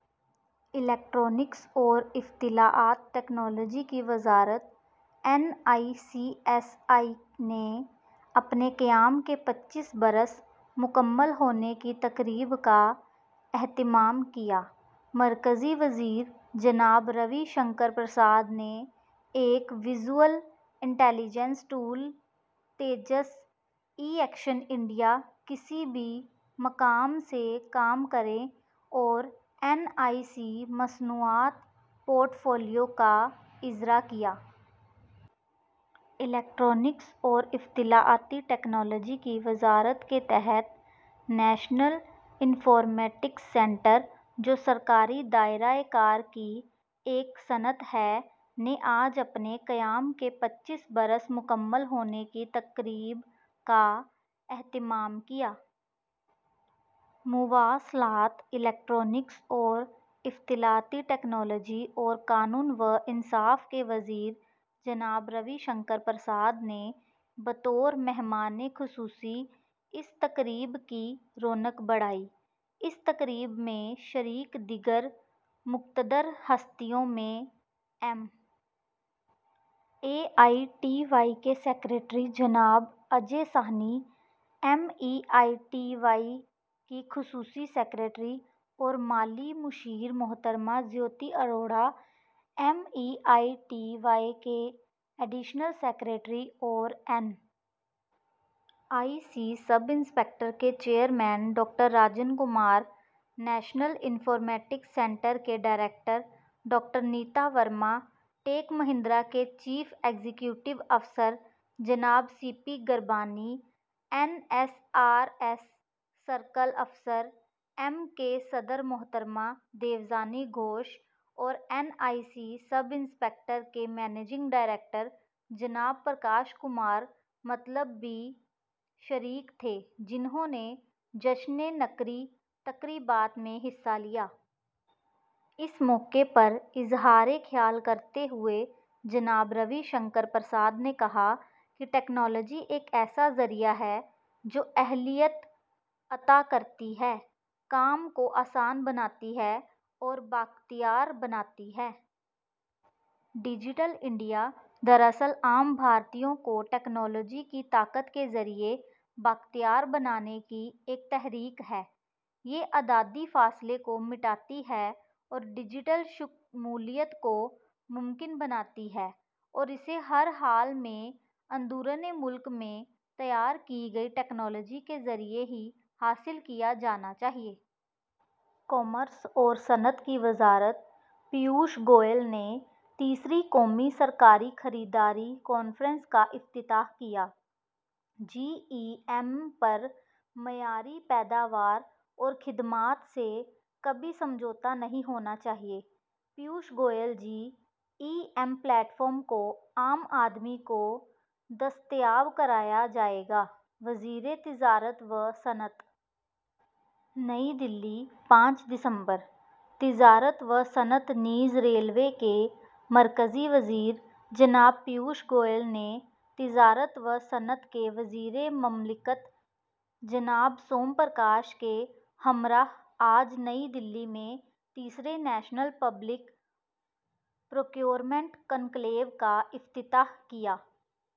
Electronics اور اطلاعات technology کی وزارت این آئی سی ایس آئی نے اپنے قیام کے پچیس برس مکمل ہونے کی تقریب کا اہتمام کیا۔ مرکزی وزیر جناب روی شنکر پرساد نے ایک وِژول انٹیلی جنس tool Tejas, e action India, کسی بھی مقام سے کام کریں اور این آئی سی مصنوعات پورٹ فولیو کا اجرا کیا۔ الیکٹرانکس اور اطلاعاتی ٹیکنالوجی کی وزارت کے تحت نیشنل انفارمیٹکس سینٹر، جو سرکاری دائرہ کار کی ایک صنعت ہے، نے آج اپنے قیام کے پچیس برس مکمل ہونے کی تقریب کا اہتمام کیا۔ مواصلات، الیکٹرانکس اور اطلاعاتی ٹیکنالوجی اور قانون و انصاف کے وزیر جناب روی شنکر پرساد نے بطور مہمانِ خصوصی اس تقریب کی رونق بڑھائی۔ اس تقریب میں شریک دیگر مقتدر ہستیوں میں M E I T Y کے سیکریٹری جناب Ajay Sahni, M E I T Y کی خصوصی سیکریٹری اور مالی مشیر محترمہ Jyoti Arora, M E I T Y کے ایڈیشنل سیکریٹری اور N I C S I کے chairman doctor Rajan Kumar, national informatics centre کی director doctor Neeta Verma, Tech Mahindra کے سی ای او جناب C P Gurbani, N S S C O M کی صدر محترمہ دیوجانی گھوش اور N I C S I کے مینیجنگ ڈائریکٹر جناب پرکاش کمار متل بھی شریک تھے، جنہوں نے جشنِ نقرئی تقریبات میں حصہ لیا۔ اس موقع پر اظہارِ خیال کرتے ہوئے جناب روی شنکر پرساد نے کہا کہ ٹیکنالوجی ایک ایسا ذریعہ ہے جو اہلیت عطا کرتی ہے، کام کو آسان بناتی ہے اور بااختیار بناتی ہے۔ ڈیجیٹل انڈیا دراصل عام بھارتیوں کو ٹیکنالوجی کی طاقت کے ذریعے بااختیار بنانے کی ایک تحریک ہے۔ یہ اعدادی فاصلے کو مٹاتی ہے اور ڈیجیٹل شمولیت کو ممکن بناتی ہے اور اسے ہر حال میں اندرونِ ملک میں تیار کی گئی ٹیکنالوجی کے ذریعے ہی حاصل کیا جانا چاہیے۔ کامرس اور صنعت کی وزارت پیوش گوئل نے تیسری قومی سرکاری خریداری کانفرنس کا افتتاح کیا۔ جی ای ایم پر معیاری پیداوار اور خدمات سے کبھی سمجھوتہ نہیں ہونا چاہیے۔ Piyush Goyal G E M platform کو عام آدمی کو دستیاب کرایا جائے گا: وزیر تجارت و صنعت۔ نئی دہلی، پانچ دسمبر: تجارت و صنعت نیز ریلوے کے مرکزی وزیر جناب پیوش گوئل نے تجارت و صنعت کے وزیر مملکت جناب سوم پرکاش کے ہمراہ آج نئی دہلی میں تیسرے نیشنل پبلک پروکیورمنٹ کنکلیو کا افتتاح کیا۔